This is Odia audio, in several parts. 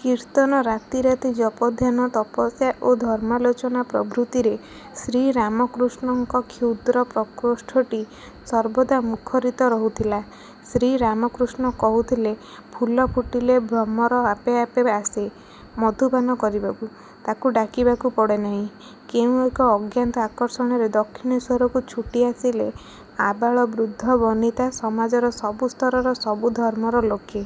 କୀର୍ତ୍ତନ ରାତି ରାତି ଜପଧ୍ୟାନ ତପସ୍ୟା ଓ ଧର୍ମାଲୋଚନା ପ୍ରଭୃତିରେ ଶ୍ରୀରାମକୃଷ୍ଣଙ୍କ କ୍ଷୁଦ୍ର ପ୍ରକୋଷ୍ଠଟି ସର୍ବଦା ମୁଖରିତ ରହୁଥିଲା। ଶ୍ରୀରାମକୃଷ୍ଣ କହୁଥିଲେ ଫୁଲ ଫୁଟିଲେ ଭ୍ରମର ଆପେ ଆପେ ଆସେ ମଧୁପାନ କରିବାକୁ ତାକୁ ଡାକିବାକୁ ପଡ଼େ ନାହିଁ। କେଉଁ ଏକ ଅଜ୍ଞାତ ଆକର୍ଷଣରେ ଦକ୍ଷିଣେଶ୍ୱରକୁ ଛୁଟି ଆସିଲେ ଆବାଳ ବୃଦ୍ଧ ବନିତା ସମାଜର ସବୁ ସ୍ତରର ସବୁ ଧର୍ମର ଲୋକେ।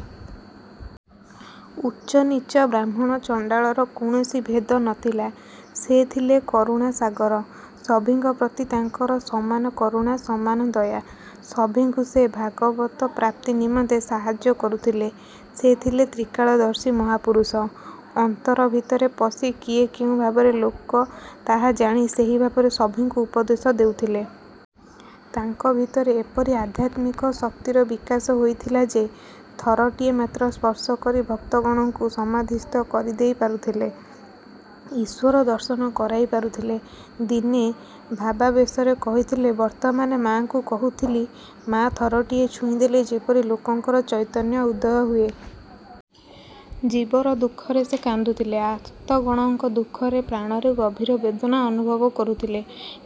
ଉଚ୍ଚ ନୀଚ ବ୍ରାହ୍ମଣ ଚଣ୍ଡାଳର କୌଣସି ଭେଦ ନ ଥିଲା। ସେ ଥିଲେ କରୁଣାସାଗର। ସଭିଙ୍କ ପ୍ରତି ତାଙ୍କର ସମାନ କରୁଣା ସମାନ ଦୟା। ସଭିଙ୍କୁ ସେ ଭଗବତ ପ୍ରାପ୍ତି ନିମନ୍ତେ ସାହାଯ୍ୟ କରୁଥିଲେ। ସେ ଥିଲେ ତ୍ରିକାଳଦର୍ଶୀ ମହାପୁରୁଷ। ଅନ୍ତର ଭିତରେ ପଶି କିଏ କେଉଁ ଭାବରେ ଲୋକ ତାହା ଜାଣି ସେହି ଭାବରେ ସଭିଙ୍କୁ ଉପଦେଶ ଦେଉଥିଲେ। ତାଙ୍କ ଭିତରେ ଏପରି ଆଧ୍ୟାତ୍ମିକ ଶକ୍ତିର ବିକାଶ ହୋଇଥିଲା ଯେ ଥରଟିଏ ମାତ୍ର ସ୍ପର୍ଶ କରି ଭକ୍ତଗଣଙ୍କୁ ସମାଧିସ୍ଥ କରି ଦେଇପାରୁଥିଲେ ଈଶ୍ୱର ଦର୍ଶନ କରାଇ ପାରୁଥିଲେ। ଦିନେ ଭାବାବେଶରେ କହିଥିଲେ ବର୍ତ୍ତମାନ ମାଆଙ୍କୁ କହୁଥିଲି ମା ଥରଟିଏ ଛୁଇଁଦେଲେ ଯେପରି ଲୋକଙ୍କର ଚୈତନ୍ୟ ଉଦୟ ହୁଏ। ଜୀବର ଦୁଃଖରେ ସେ କାନ୍ଦୁଥିଲେ ଆର୍ତ୍ତଗଣଙ୍କ ଦୁଃଖରେ ପ୍ରାଣରେ ଗଭୀର ବେଦନା ଅନୁଭବ କରୁଥିଲେ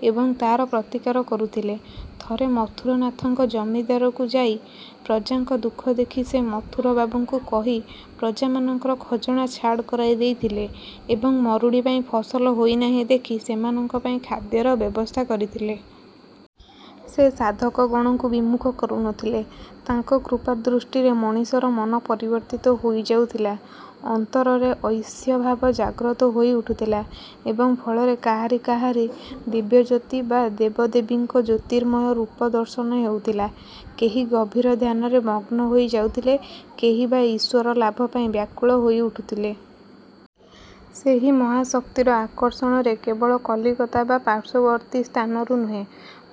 ଏବଂ ତାର ପ୍ରତିକାର କରୁଥିଲେ। ଥରେ ମଥୁରନାଥଙ୍କ ଜମିଦାରୀକୁ ଯାଇ ପ୍ରଜାଙ୍କ ଦୁଃଖ ଦେଖି ସେ ମଥୁରବାବୁଙ୍କୁ କହି ପ୍ରଜାମାନଙ୍କର ଖଜଣା ଛାଡ଼ କରାଇ ଦେଇଥିଲେ ଏବଂ ମରୁଡ଼ି ପାଇଁ ଫସଲ ହୋଇ ନାହିଁ ଦେଖି ସେମାନଙ୍କ ପାଇଁ ଖାଦ୍ୟର ବ୍ୟବସ୍ଥା କରିଥିଲେ। ସେ ସାଧକଗଣଙ୍କୁ ବିମୁଖ କରୁ ନ ଥିଲେ। ତାଙ୍କ କୃପାଦୃଷ୍ଟିରେ ମଣିଷର ମନ ପରିବର୍ତ୍ତିତ ହୋଇ ଯାଉଥିଲା ଅନ୍ତରରେ ଐଶୀ ଭାବ ଜାଗ୍ରତ ହୋଇ ଉଠୁଥିଲା ଏବଂ ଫଳରେ କାହାରି କାହାରି ଦିବ୍ୟଜ୍ୟୋତି ବା ଦେବଦେବୀଙ୍କ ଜ୍ୟୋତିର୍ମୟ ରୂପ ଦର୍ଶନ ହେଉଥିଲା କେହି ଗଭୀର ଧ୍ୟାନରେ ମଗ୍ନ ହୋଇ ଯାଉଥିଲେ କେହି ବା ଈଶ୍ୱରଲାଭ ପାଇଁ ବ୍ୟାକୁଳ ହୋଇ ଉଠୁଥିଲେ। ସେହି ମହାଶକ୍ତିର ଆକର୍ଷଣରେ କେବଳ କଲିକତା ବା ପାର୍ଶ୍ୱବର୍ତ୍ତୀ ସ୍ଥାନରୁ ନୁହେଁ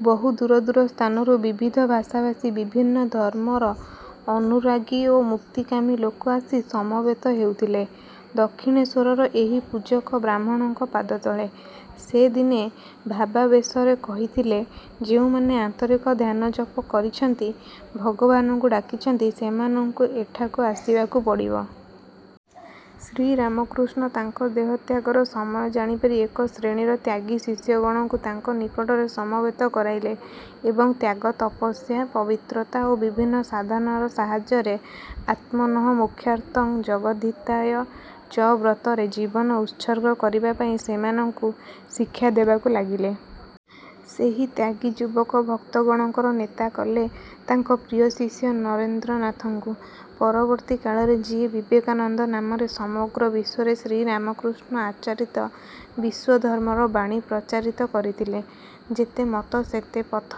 ବହୁ ଦୂର ଦୂର ସ୍ଥାନରୁ ବିବିଧ ଭାଷାଭାଷୀ ବିଭିନ୍ନ ଧର୍ମର ଅନୁରାଗୀ ଓ ମୁକ୍ତିକାମୀ ଲୋକ ଆସି ସମବେତ ହେଉଥିଲେ ଦକ୍ଷିଣେଶ୍ୱରର ଏହି ପୂଜକ ବ୍ରାହ୍ମଣଙ୍କ ପାଦତଳେ। ସେ ଦିନେ ଭାବାବେଶରେ କହିଥିଲେ ଯେଉଁମାନେ ଆନ୍ତରିକ ଧ୍ୟାନ ଜପ କରିଛନ୍ତି ଭଗବାନଙ୍କୁ ଡାକିଛନ୍ତି ସେମାନଙ୍କୁ ସେଠାକୁ ଆସିବାକୁ ପଡ଼ିବ। ଶ୍ରୀରାମକୃଷ୍ଣ ତାଙ୍କ ଦେହତ୍ୟାଗର ସମୟ ଜାଣିପାରି ଏକ ଶ୍ରେଣୀର ତ୍ୟାଗୀ ଶିଷ୍ୟଗଣଙ୍କୁ ତାଙ୍କ ନିକଟରେ ସମବେତ କରାଇଲେ ଏବଂ ତ୍ୟାଗ ତପସ୍ୟା ପବିତ୍ରତା ଓ ବିଭିନ୍ନ ସାଧନାର ସାହାଯ୍ୟରେ ଆତ୍ମନଃ ମୋକ୍ଷାର୍ଥଂ ଜଗଦ୍ଧିତାୟ ଚ ବ୍ରତରେ ଜୀବନ ଉତ୍ସର୍ଗ କରିବା ପାଇଁ ସେମାନଙ୍କୁ ଶିକ୍ଷା ଦେବାକୁ ଲାଗିଲେ। ସେହି ତ୍ୟାଗୀ ଯୁବକ ଭକ୍ତଗଣଙ୍କର ନେତା କଲେ ତାଙ୍କ ପ୍ରିୟ ଶିଷ୍ୟ ନରେନ୍ଦ୍ରନାଥଙ୍କୁ ପରବର୍ତ୍ତୀ କାଳରେ ଯିଏ ବିବେକାନନ୍ଦ ନାମରେ ସମଗ୍ର ବିଶ୍ୱରେ ଶ୍ରୀରାମକୃଷ୍ଣ ଆଚରିତ ବିଶ୍ୱଧର୍ମର ବାଣୀ ପ୍ରଚାରିତ କରିଥିଲେ। ଯେତେ ମତ ସେତେ ପଥ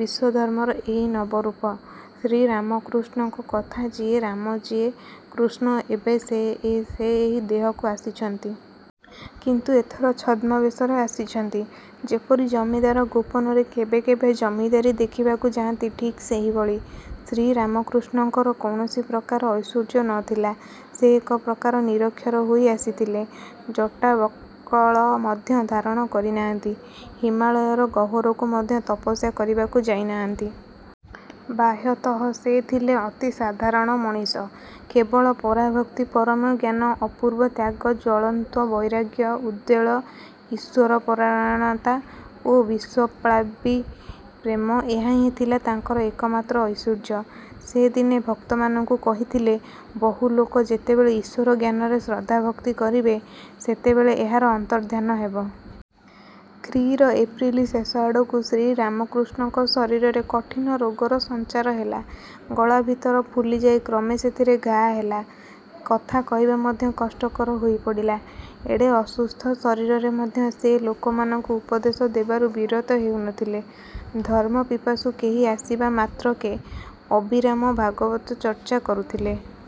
ବିଶ୍ୱଧର୍ମର ଏହି ନବ ରୂପ। ଶ୍ରୀରାମକୃଷ୍ଣଙ୍କ କଥା ଯିଏ ରାମ ଯିଏ କୃଷ୍ଣ ଏବେ ସେ ଏ ଏହି ଦେହକୁ ଆସିଛନ୍ତି। କିନ୍ତୁ ଏଥର ଛଦ୍ମବେଶରେ ଆସିଛନ୍ତି ଯେପରି ଜମିଦାର ଗୋପନରେ କେବେ କେବେ ଜମିଦାରୀ ଦେଖିବାକୁ ଯାଆନ୍ତି ଠିକ୍ ସେହିଭଳି। ଶ୍ରୀରାମକୃଷ୍ଣଙ୍କର କୌଣସି ପ୍ରକାର ଐଶ୍ୱର୍ଯ୍ୟ ନ ଥିଲା। ସେ ଏକ ପ୍ରକାର ନିରକ୍ଷର ହୋଇ ଆସିଥିଲେ। ଜଟା ବଳ୍କଳ ମଧ୍ୟ ଧାରଣ କରି ନାହାନ୍ତି। ହିମାଳୟର ଗହ୍ୱରକୁ ମଧ୍ୟ ତପସ୍ୟା କରିବାକୁ ଯାଇ ନାହାନ୍ତି। ବାହ୍ୟତଃ ସେ ଥିଲେ ଅତି ସାଧାରଣ ମଣିଷ। କେବଳ ପରାଭକ୍ତି ପରମ ଜ୍ଞାନ ଅପୂର୍ବ ତ୍ୟାଗ ଜ୍ୱଳନ୍ତ ବୈରାଗ୍ୟ ଉଦ୍ବେଳ ଈଶ୍ୱରପରାୟଣତା ଓ ବିଶ୍ୱପ୍ଳାବୀ ପ୍ରେମ ଏହା ହିଁ ଥିଲା ତାଙ୍କର ଏକମାତ୍ର ଐଶ୍ୱର୍ଯ୍ୟ। ସେ ଦିନେ ଭକ୍ତମାନଙ୍କୁ କହିଥିଲେ ବହୁ ଲୋକ ଯେତେବେଳେ ଈଶ୍ୱରଜ୍ଞାନରେ ଶ୍ରଦ୍ଧାଭକ୍ତି କରିବେ ସେତେବେଳେ ଏହାର ଅନ୍ତର୍ଦ୍ଧାନ ହେବ। ଖ୍ରୀ ର ଏପ୍ରିଲ ଶେଷ ଆଡ଼କୁ ଶ୍ରୀରାମକୃଷ୍ଣଙ୍କ ଶରୀରରେ କଠିନ ରୋଗର ସଞ୍ଚାର ହେଲା। ଗଳାଭିତର ଫୁଲିଯାଇ କ୍ରମେ ସେଥିରେ ଘାଆ ହେଲା। କଥା କହିବା ମଧ୍ୟ କଷ୍ଟକର ହୋଇ ପଡ଼ିଲା। ଏଡ଼େ ଅସୁସ୍ଥ ଶରୀରରେ ମଧ୍ୟ ସେ ଲୋକମାନଙ୍କୁ ଉପଦେଶ ଦେବାରୁ ବିରତ ହେଉ ନ ଥିଲେ। ଧର୍ମପିପାସୁ କେହି ଆସିବା ମାତ୍ରକେ ଅବିରାମ ଭାଗବତ ଚର୍ଚ୍ଚା କରୁଥିଲେ।